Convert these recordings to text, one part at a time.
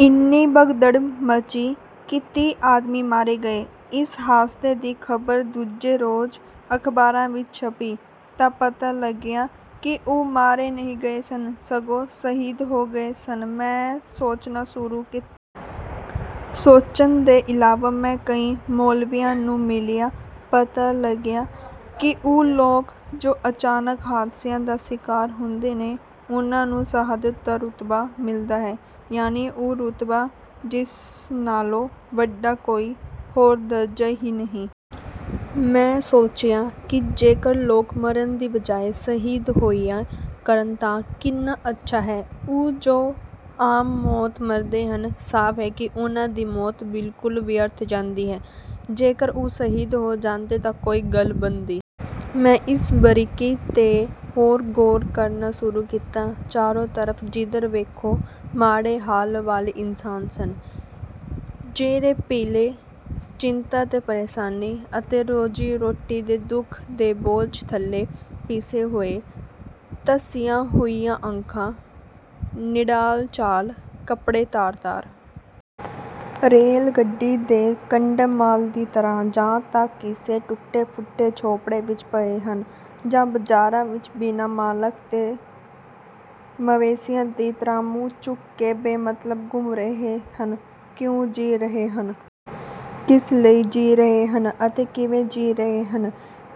ਇੰਨੀ ਭਗਦੜ ਮੱਚੀ ਕਿ ਤੀਹ ਆਦਮੀ ਮਾਰੇ ਗਏ। ਇਸ ਹਾਦਸੇ ਦੀ ਖ਼ਬਰ ਦੂਜੇ ਰੋਜ਼ ਅਖ਼ਬਾਰਾਂ ਵਿੱਚ ਛਪੀ ਤਾਂ ਪਤਾ ਲੱਗਿਆ ਕਿ ਉਹ ਮਾਰੇ ਨਹੀਂ ਗਏ ਸਨ, ਸਗੋਂ ਸ਼ਹੀਦ ਹੋਏ ਸਨ। ਮੈਂ ਸੋਚਣਾ ਸ਼ੁਰੂ ਕੀਤਾ। ਸੋਚਣ ਦੇ ਇਲਾਵਾ ਮੈਂ ਕਈ ਮੌਲਵੀਆਂ ਨੂੰ ਮਿਲਿਆ। ਪਤਾ ਲੱਗਿਆ ਕਿ ਉਹ ਲੋਕ, ਜੋ ਅਚਾਨਕ ਹਾਦਸਿਆਂ ਦਾ ਸ਼ਿਕਾਰ ਹੁੰਦੇ ਹਨ, ਉਨ੍ਹਾਂ ਨੂੰ ਸ਼ਹਾਦਤ ਦਾ ਰੁਤਬਾ ਮਿਲਦਾ ਹੈ। ਯਾਨੀ ਉਹ ਰੁਤਬਾ, ਜਿਸ ਨਾਲੋਂ ਵੱਡਾ ਕੋਈ ਹੋਰ ਦਰਜਾ ਹੀ ਨਹੀਂ। ਮੈਂ ਸੋਚਿਆ ਕਿ ਜੇਕਰ ਲੋਕ ਮਰਨ ਦੀ ਬਜਾਏ ਸ਼ਹੀਦ ਹੋਇਆ ਕਰਨ ਤਾਂ ਕਿੰਨਾ ਅੱਛਾ ਹੈ। ਉਹ ਜੋ ਆਮ ਮੌਤ ਮਰਦੇ ਹਨ। ਸਾਫ਼ ਹੈ ਕਿ ਉਨ੍ਹਾਂ ਦੀ ਮੌਤ ਬਿਲਕੁਲ ਵਿਅਰਥ ਜਾਂਦੀ ਹੈ। ਜੇਕਰ ਉਹ ਸ਼ਹੀਦ ਹੋ ਜਾਂਦੇ ਤਾਂ ਕੋਈ ਗੱਲ ਬਣਦੀ। ਮੈਂ ਇਸ ਬਰੀਕੀ ਤੇ ਹੋਰ ਗੌਰ ਕਰਨਾ ਸ਼ੁਰੂ ਕੀਤਾ। ਚਾਰੋਂ ਤਰਫ਼ ਜਿੱਧਰ ਵੇਖੋ, ਮਾੜੇ ਹਾਲ ਵਾਲੇ ਇਨਸਾਨ ਸਨ। ਚਿਹਰੇ ਪੀਲੇ, ਚਿੰਤਾ ਤੇ ਪਰੇਸ਼ਾਨੀ ਅਤੇ ਰੋਜ਼ੀ-ਰੋਟੀ ਦੇ ਦੁੱਖ ਦੇ ਬੋਝ ਥੱਲੇ ਪਿਸੇ ਹੋਏ, ਧਸੀਆਂ ਹੋਈਆਂ ਅੱਖਾਂ, ਨਿਢਾਲ ਚਾਲ, ਕੱਪੜੇ ਤਾਰ-ਤਾਰ। ਰੇਲ-ਗੱਡੀ ਦੇ ਕੰਡਮ ਮਾਲ ਦੀ ਤਰ੍ਹਾਂ ਜਾਂ ਤਾਂ ਕਿਸੇ ਟੁੱਟੇ-ਫੁੱਟੇ ਝੋਂਪੜੇ ਵਿੱਚ ਪਏ ਹਨ ਜਾਂ ਬਜ਼ਾਰਾਂ ਵਿੱਚ ਬਿਨਾਂ ਮਾਲਕ ਦੇ ਮਵੇਸ਼ੀਆਂ ਦੀ ਤਰ੍ਹਾਂ ਮੂੰਹ ਚੁੱਕ ਬੇਮਤਲਬ ਘੁੰਮ ਰਹੇ ਹਨ। ਕਿਉਂ ਜੀ ਰਹੇ ਹਨ? ਕਿਸ ਲਈ ਜੀ ਰਹੇ ਹਨ ਅਤੇ ਕਿਵੇਂ ਜੀ ਰਹੇ ਹਨ?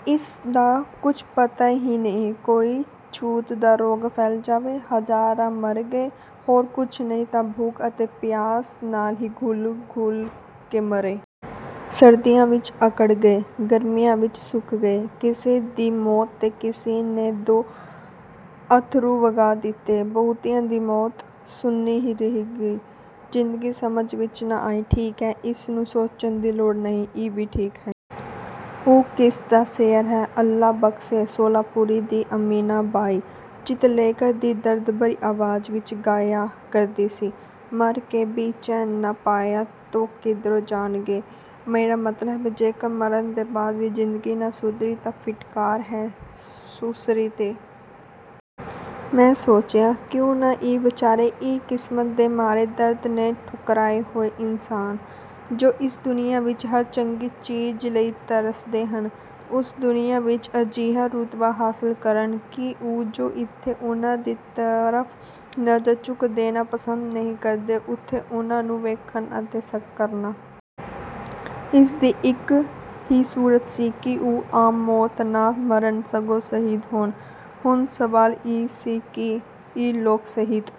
ਇਸ ਦਾ ਕੁਝ ਪਤਾ ਹੀ ਨਹੀਂ। ਕੋਈ ਛੂਤ ਦਾ ਰੋਗ ਫੈਲ ਜਾਵੇ। ਹਜ਼ਾਰਾਂ ਮਰ ਗਏ। ਹੋਰ ਕੁਝ ਨਹੀਂ ਤਾਂ ਭੁੱਖ ਅਤੇ ਪਿਆਸ ਨਾਲ ਹੀ ਘੁਲ-ਘੁਲ ਕੇ ਮਰੇ। ਸਰਦੀਆਂ ਵਿੱਚ ਆਕੜ ਗਏ, ਗਰਮੀਆਂ ਵਿੱਚ ਸੁੱਕ ਗਏ। ਕਿਸੇ ਦੀ ਮੌਤ ਤੇ ਕਿਸੇ ਨੇ ਦੋ ਅੱਥਰੂ ਵਗਾ ਦਿੱਤੇ। ਬਹੁਤਿਆਂ ਦੀ ਮੌਤ ਸੁੰਨੀ ਹੀ ਰਹੀ। ਜ਼ਿੰਦਗੀ ਸਮਝ ਵਿੱਚ ਨਾ ਆਈ, ਠੀਕ ਹੈ। ਇਸ ਨੂੰ ਸੋਚਣ ਦੀ ਲੋੜ ਨਹੀਂ, ਇਹ ਵੀ ਠੀਕ ਹੈ। ਉਹ ਕਿਸ ਦਾ ਸ਼ੇਅਰ ਹੈ। ਅੱਲਾ ਬਖ਼ਸ਼ੇ ਸ਼ੋਲਾਪੁਰੀ ਦੀ ਅਮੀਨਾ ਬਾਈ ਚਿਤਲੇਕਰ ਦੀ ਦਰਦ-ਭਰੀ ਆਵਾਜ਼ ਵਿੱਚ ਗਾਇਆ ਕਰਦੀ ਸੀ, "ਮਰ ਕੇ ਭੀ ਚੈਨ ਨਾ ਪਾਇਆ ਤੋ ਕਿਧਰ ਜਾਏਗੇ।" ਮੇਰਾ ਮਤਲਬ ਹੈ, ਜੇਕਰ ਮਰਨ ਦੇ ਬਾਅਦ ਵੀ ਜ਼ਿੰਦਗੀ ਨਾ ਸੁਧਰੀ ਤਾਂ ਫਿਟਕਾਰ ਹੈ ਸੁਸਰੀ ਤੇ। ਮੈਂ ਸੋਚਿਆ, ਕਿਉਂ ਨਾ ਇਹ ਬੇਚਾਰੇ, ਇਹ ਕਿਸਮਤ ਦੇ ਮਾਰੇ, ਦਰਦ ਦੇ ਠੁਕਰਾਏ ਹੋਏ ਇਨਸਾਨ, ਜੋ ਇਸ ਦੁਨੀਆ ਵਿੱਚ ਹਰ ਚੰਗੀ ਚੀਜ਼ ਲਈ ਤਰਸਦੇ ਹਨ, ਉਸ ਦੁਨੀਆ ਵਿੱਚ ਅਜਿਹਾ ਰੁਤਬਾ ਹਾਸਲ ਕਰਨ ਕਿ ਉਹ, ਜੋ ਇੱਥੇ ਉਨ੍ਹਾਂ ਦੀ ਤਰਫ਼ ਨਜ਼ਰ ਚੁੱਕ ਦੇਖਣਾ ਪਸੰਦ ਨਹੀਂ ਕਰਦੇ, ਉੱਥੇ ਉਨ੍ਹਾਂ ਨੂੰ ਵੇਖਣ ਅਤੇ ਸ਼ਕ ਕਰਨ। ਇਸ ਦੀ ਇੱਕ ਹੀ ਸੂਰਤ ਸੀ ਕਿ ਉਹ ਆਮ ਮੌਤ ਨਾ ਮਰਨ, ਸਗੋਂ ਸ਼ਹੀਦ ਹੋਣ। ਹੁਣ ਸਵਾਲ ਇਹ ਸੀ ਕਿ ਇਹ ਲੋਕ ਸ਼ਹੀਦ